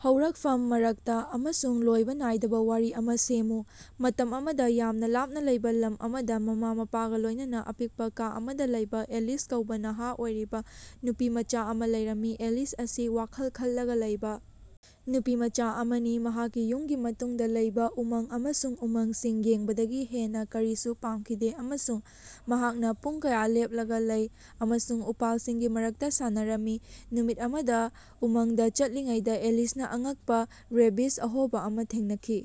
ꯍꯧꯔꯛꯐꯝ ꯃꯔꯛꯇ ꯑꯃꯁꯨꯡ ꯂꯣꯏꯕ ꯅꯥꯏꯗꯕ ꯋꯥꯔꯤ ꯑꯃ ꯁꯦꯝꯃꯨ꯫ ꯃꯇꯝ ꯑꯃꯗ ꯌꯥꯝꯅ ꯂꯥꯞꯅ ꯂꯩꯕ ꯂꯝ ꯑꯃꯗ ꯃꯃꯥ-ꯃꯄꯥꯒ ꯂꯣꯢꯅꯅꯥ ꯑꯄꯤꯛꯄꯥ ꯀꯥ ꯑꯃꯗ ꯂꯩꯕꯥ ꯑꯦꯂꯤꯁ ꯀꯧꯕꯥ ꯅꯍꯥ ꯑꯣꯏꯔꯤꯕ ꯅꯨꯄꯤꯃꯆꯥ ꯑꯃ ꯂꯩꯔꯝꯃꯤ꯫ ꯑꯦꯂꯤꯁ ꯑꯁꯤ ꯋꯥꯈꯜ ꯈꯜꯂꯒ ꯂꯩꯕ ꯅꯨꯄꯤꯃꯆꯥ ꯑꯃꯅꯤ ꯃꯍꯥꯛꯀꯤ ꯌꯨꯝꯒꯤ ꯃꯇꯨꯡꯗ ꯂꯩꯕꯥ ꯎꯃꯪ ꯑꯃꯁꯨꯡ ꯎꯃꯪꯁꯤꯡ ꯌꯦꯡꯕꯗꯒꯤ ꯍꯦꯟꯅ ꯀꯔꯤꯁꯨ ꯄꯥꯝꯈꯤꯗꯦ ꯑꯃꯁꯨꯡ ꯃꯍꯥꯛꯅ ꯄꯨꯡ ꯀꯌꯥ ꯂꯦꯞꯂꯒ ꯂꯩ ꯑꯃꯁꯨꯡ ꯎꯄꯥꯜꯁꯤꯡꯒꯤ ꯃꯔꯛꯇ ꯁꯥꯟꯅꯔꯝꯃꯤ꯫ ꯅꯨꯃꯤꯠ ꯑꯃꯗ ꯎꯃꯪꯗ ꯆꯠꯂꯤꯉꯩꯗ ꯑꯦꯂꯤꯁꯅ ꯑꯉꯛꯄ ꯔꯦꯕꯤꯖ ꯑꯍꯣꯕ ꯑꯃ ꯊꯦꯡꯅꯈꯤ꯫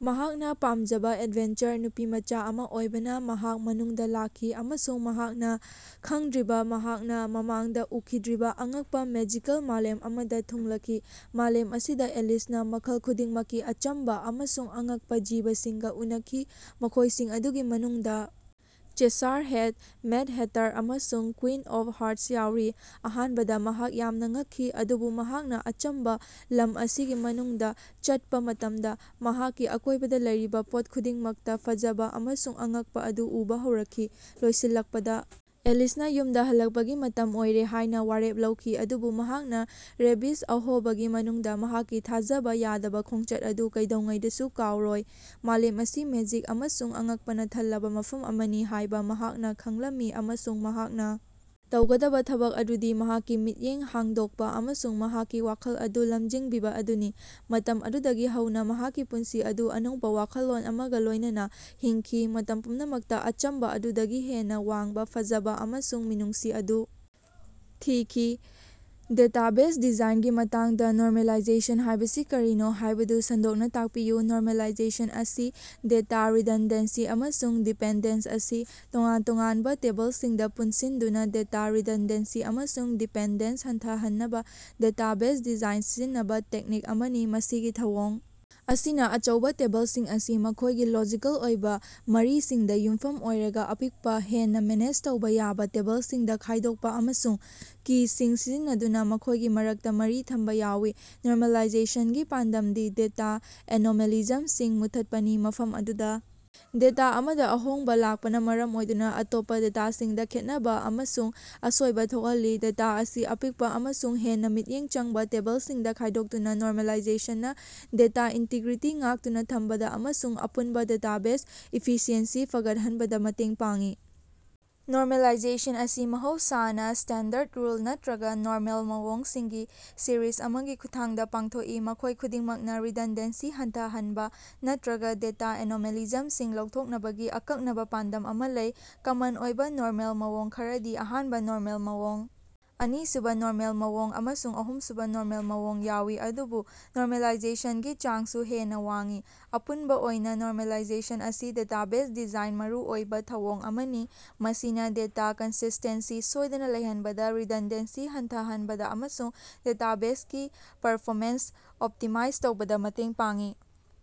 ꯃꯍꯥꯛꯅ ꯄꯥꯝꯖꯕ ꯑꯦꯗꯚꯦꯟꯆꯔ ꯅꯨꯄꯤꯃꯆꯥ ꯑꯃ ꯑꯣꯏꯕꯅ ꯃꯍꯥꯛ ꯃꯅꯨꯡꯗ ꯂꯥꯛꯈꯤ ꯑꯃꯁꯨꯡ ꯃꯍꯥꯛꯅ ꯈꯡꯗ꯭ꯔꯤꯕ ꯃꯍꯥꯛꯅ ꯃꯃꯥꯡꯗ ꯎꯈꯤꯗ꯭ꯔꯤꯕ ꯑꯉꯛꯄꯥ ꯃꯦꯖꯤꯀꯦꯜ ꯃꯥꯂꯦꯝ ꯑꯃꯗ ꯊꯨꯡꯂꯈꯤ꯫ ꯃꯥꯂꯦꯝ ꯑꯁꯤꯗ ꯑꯦꯂꯤꯁꯅ ꯃꯈꯜ ꯈꯨꯗꯤꯡꯃꯛꯀꯤ ꯑꯆꯝꯕ ꯑꯃꯁꯨꯡ ꯑꯉꯛꯄ ꯖꯤꯕꯁꯤꯡꯒꯥ ꯎꯅꯈꯤ ꯃꯈꯣꯢꯁꯤꯡ ꯑꯗꯨꯒꯤ ꯃꯅꯨꯡꯗ ꯆꯦꯁꯥꯔ ꯍꯦꯠ, ꯃꯦꯗ ꯍꯦꯇꯔ ꯑꯃꯁꯨꯡ ꯀꯨꯏꯟ ꯑꯣꯐ ꯍꯥꯔꯇꯁ ꯌꯥꯎꯔꯤ꯫ ꯑꯍꯥꯟꯕꯗ ꯃꯍꯥꯛ ꯌꯥꯝꯅ ꯉꯛꯈꯤ ꯑꯗꯨꯕꯨ ꯃꯍꯥꯛꯅ ꯑꯆꯝꯕꯥ ꯂꯝ ꯑꯁꯤꯒꯤ ꯃꯅꯨꯡꯗ ꯆꯠꯄꯥ ꯃꯇꯝꯗ ꯃꯍꯥꯛꯀꯤ ꯑꯀꯣꯢꯕꯗ ꯂꯩꯔꯤꯕ ꯄꯣꯠ ꯈꯨꯗꯤꯡꯃꯛꯇ ꯐꯖꯕ ꯑꯃꯁꯨꯡ ꯑꯉꯛꯄ ꯑꯗꯨ ꯎꯕ ꯍꯧꯔꯛꯈꯤ꯫ ꯂꯣꯏꯁꯤꯜꯂꯛꯄꯗ ꯑꯦꯂꯤꯁꯅ ꯌꯨꯝꯗ ꯍꯜꯂꯛꯄꯒꯤ ꯃꯇꯝ ꯑꯣꯏꯔꯦ ꯍꯥꯢꯅ ꯋꯥꯔꯦꯞ ꯂꯧꯈꯤ ꯑꯗꯨꯕꯨ ꯃꯍꯥꯛꯅ ꯔꯦꯕꯤꯖ ꯑꯍꯣꯕꯒꯤ ꯃꯅꯨꯡꯗ ꯃꯍꯥꯛꯀꯤ ꯊꯥꯖꯕ ꯌꯥꯗꯕ ꯈꯣꯡꯆꯠ ꯑꯗꯨ ꯀꯩꯗꯧꯉꯩꯗꯁꯨ ꯀꯥꯎꯔꯣꯏ꯫ ꯃꯥꯂꯦꯝ ꯑꯁꯤ ꯃꯦꯖꯤꯛ ꯑꯃꯁꯨꯡ ꯑꯉꯛꯄꯅ ꯊꯜꯂꯕ ꯃꯐꯝ ꯑꯃꯅꯤ ꯍꯥꯢꯕ ꯃꯍꯥꯛꯅ ꯈꯡꯂꯝꯏ ꯑꯃꯁꯨꯡ ꯃꯍꯥꯛꯅ ꯇꯧꯒꯗꯕ ꯊꯕꯛ ꯑꯗꯨꯗꯤ ꯃꯍꯥꯛꯀꯤ ꯃꯤꯠꯌꯦꯡ ꯍꯥꯡꯗꯣꯛꯄ ꯑꯃꯁꯨꯡ ꯃꯍꯥꯛꯀꯤ ꯋꯥꯈꯜ ꯑꯗꯨ ꯂꯝꯖꯤꯡꯕꯤꯕ ꯑꯗꯨꯅꯤ꯫ ꯃꯇꯝ ꯑꯗꯨꯗꯒꯤ ꯍꯧꯅ ꯃꯍꯥꯛꯀꯤ ꯄꯨꯟꯁꯤ ꯑꯗꯨ ꯑꯅꯧꯕ ꯋꯥꯈꯜꯂꯣꯟ ꯑꯃꯒ ꯂꯣꯢꯅꯅꯥ ꯍꯤꯡꯈꯤ ꯃꯇꯝ ꯄꯨꯝꯅꯃꯛꯇ ꯑꯆꯝꯕ ꯑꯗꯨꯗꯒꯤ ꯍꯦꯟꯅ ꯋꯥꯡꯕ ꯐꯖꯕ ꯑꯃꯁꯨꯡ ꯃꯤꯅꯨꯡꯁꯤ ꯑꯗꯨ ꯊꯤꯈꯤ꯫ ꯗꯦꯇꯥꯕꯦꯖ ꯗꯤꯖꯥꯏꯟꯒꯤ ꯃꯇꯥꯡꯗ ꯅꯣꯔꯃꯦꯂꯥꯏꯖꯦꯁꯟ ꯍꯥꯢꯕꯁꯤ ꯀꯔꯤꯅꯣ ꯍꯥꯢꯕꯗꯨ ꯁꯟꯗꯣꯛꯅ ꯇꯥꯛꯄꯤꯌꯨ꯫ ꯅꯣꯔꯃꯦꯂꯥꯏꯖꯦꯁꯟ ꯑꯁꯤ ꯗꯦꯇꯥ ꯔꯤꯗꯟꯗꯦꯟꯁꯤ ꯑꯃꯁꯨꯡ ꯗꯤꯄꯦꯟꯗꯦꯟꯁ ꯑꯁꯤ ꯇꯣꯉꯥꯟ ꯇꯣꯉꯥꯟꯕ ꯇꯦꯕꯜꯁꯤꯡꯗ ꯄꯨꯟꯁꯤꯟꯗꯨꯅ ꯗꯦꯇꯥ ꯔꯤꯗꯟꯗꯦꯟꯁꯤ ꯑꯃꯁꯨꯡ ꯗꯤꯄꯦꯟꯗꯦꯟꯁ ꯍꯟꯊꯍꯟꯅꯕ ꯗꯦꯇꯥꯕꯦꯖ ꯗꯤꯖꯥꯏꯟꯗ ꯁꯤꯖꯤꯟꯅꯕ ꯇꯦꯛꯅꯤꯛ ꯑꯃꯅꯤ꯫ ꯃꯁꯤꯒꯤ ꯊꯧꯑꯣꯡ ꯑꯁꯤꯅ ꯑꯆꯧꯕꯥ ꯇꯦꯕꯜꯁꯤꯡ ꯑꯁꯤ ꯃꯈꯣꯢꯒꯤ ꯂꯣꯖꯤꯀꯦꯜ ꯑꯣꯏꯕ ꯃꯔꯤꯁꯤꯡꯗ ꯌꯨꯝꯐꯝ ꯑꯣꯏꯔꯒ ꯑꯄꯤꯛꯄ ꯍꯦꯟꯅ ꯃꯦꯅꯦꯖ ꯇꯧꯕꯥ ꯌꯥꯕ ꯇꯦꯕꯜꯁꯤꯡꯗ ꯈꯥꯢꯗꯣꯛꯄ ꯑꯃꯁꯨꯡ ꯀꯤ ꯁꯤꯡ ꯁꯤꯖꯤꯟꯅꯗꯨꯅ ꯃꯈꯣꯢꯒꯤ ꯃꯔꯛꯇ ꯃꯔꯤ ꯊꯝꯕ ꯌꯥꯎꯏ꯫ ꯅꯣꯔꯃꯦꯂꯥꯏꯖꯦꯁꯟꯒꯤ ꯄꯥꯟꯗꯝꯗꯤ ꯗꯦꯇꯥ ꯑꯦꯅꯣꯃꯦꯂꯤꯖꯝꯁꯤꯡ ꯃꯨꯠꯊꯠꯄꯅꯤ ꯃꯐꯝ ꯑꯗꯨꯗ ꯗꯦꯇꯥ ꯑꯃꯗ ꯑꯍꯣꯡꯕ ꯂꯥꯛꯄꯅ ꯃꯔꯝ ꯑꯣꯏꯗꯨꯅ ꯑꯇꯣꯞꯄ ꯗꯦꯇꯥꯁꯤꯡꯗ ꯈꯦꯠꯅꯕ ꯑꯃꯁꯨꯡ ꯑꯁꯣꯏꯕ ꯊꯣꯛꯍꯜꯂꯤ꯫ ꯗꯦꯇꯥ ꯑꯁꯤ ꯑꯄꯤꯛꯄ ꯑꯃꯁꯨꯡ ꯍꯦꯟꯅ ꯃꯤꯠꯌꯦꯡ ꯆꯪꯕ ꯇꯦꯕꯜꯁꯤꯡꯗ ꯈꯥꯢꯗꯣꯛꯇꯨꯅ ꯅꯣꯔꯃꯦꯂꯥꯏꯖꯦꯁꯟꯅ ꯗꯦꯇꯥ ꯏꯟꯇꯤꯒ꯭ꯔꯤꯇꯤ ꯉꯥꯛꯇꯨꯅ ꯊꯝꯕꯗ ꯑꯃꯁꯨꯡ ꯑꯄꯨꯟꯕ ꯗꯦꯇꯥꯕꯦꯖ ꯏꯐꯤꯁꯤꯑꯦꯟꯁꯤ ꯐꯒꯠꯍꯟꯕꯗ ꯃꯇꯦꯡ ꯄꯥꯡꯏ꯫ ꯅꯣꯔꯃꯦꯂꯥꯏꯖꯦꯁꯟ ꯑꯁꯤ ꯃꯍꯧꯁꯥꯅ ꯁ꯭ꯇꯦꯟꯗꯔꯗ ꯔꯨꯜ ꯅꯠꯇ꯭ꯔꯒ ꯅꯣꯔꯃꯦꯜ ꯃꯑꯣꯡ ꯁꯤꯡꯒꯤ ꯁꯤꯔꯤꯖ ꯑꯃꯒꯤ ꯈꯨꯠꯊꯥꯡꯗ ꯄꯥꯡꯊꯣꯛꯏ ꯃꯈꯣꯢ ꯈꯨꯗꯤꯡꯃꯛꯅ ꯔꯤꯗꯟꯗꯦꯟꯁꯤ ꯍꯟꯊꯍꯟꯕ ꯅꯠꯇ꯭ꯔꯒ ꯗꯦꯇꯥ ꯑꯦꯅꯣꯃꯦꯂꯤꯖꯝꯁꯤꯡ ꯂꯧꯊꯣꯛꯅꯕꯒꯤ ꯑꯀꯛꯅꯕ ꯄꯥꯟꯗꯝ ꯑꯃꯥ ꯂꯩ꯫ ꯀꯃꯟ ꯑꯣꯏꯕ ꯅꯣꯔꯃꯦꯜ ꯃꯑꯣꯡ ꯈꯔꯗꯤ ꯑꯍꯥꯟꯕ ꯅꯣꯔꯃꯦꯜ ꯃꯑꯣꯡ ꯑꯅꯤꯁꯨꯕ ꯅꯣꯔꯃꯦꯜ ꯃꯑꯣꯡ ꯑꯃꯁꯨꯡ ꯑꯍꯨꯝꯁꯨꯕ ꯅꯣꯔꯃꯦꯜ ꯃꯑꯣꯡ ꯌꯥꯎꯏ ꯑꯗꯨꯕꯨ ꯅꯣꯔꯃꯦꯂꯥꯏꯖꯦꯁꯟꯒꯤ ꯆꯥꯡꯁꯨ ꯍꯦꯟꯅ ꯋꯥꯡꯏ꯫ ꯑꯄꯨꯟꯕ ꯑꯣꯏꯅ ꯅꯣꯔꯃꯦꯂꯥꯏꯖꯦꯁꯟ ꯑꯁꯤ ꯗꯦꯇꯥꯕꯦꯖ ꯗꯤꯖꯥꯏꯟꯗ ꯃꯔꯨꯑꯣꯏꯕ ꯊꯧꯑꯣꯡ ꯑꯃꯅꯤ ꯃꯁꯤꯅ ꯗꯦꯇꯥ ꯀꯟꯁꯤꯁꯇꯦꯟꯁꯤ ꯁꯣꯢꯗꯅ ꯂꯩꯍꯟꯕꯗ ꯔꯤꯗꯟꯗꯦꯟꯁꯤ ꯍꯟꯊꯍꯟꯕꯗ ꯑꯃꯁꯨꯡ ꯗꯦꯇꯥꯕꯦꯖꯒꯤ ꯄꯔꯐꯣꯃꯦꯟꯁ ꯑꯣꯞꯇꯤꯃꯥꯏꯖ ꯇꯧꯕꯗ ꯃꯇꯦꯡ ꯄꯥꯡꯏ꯫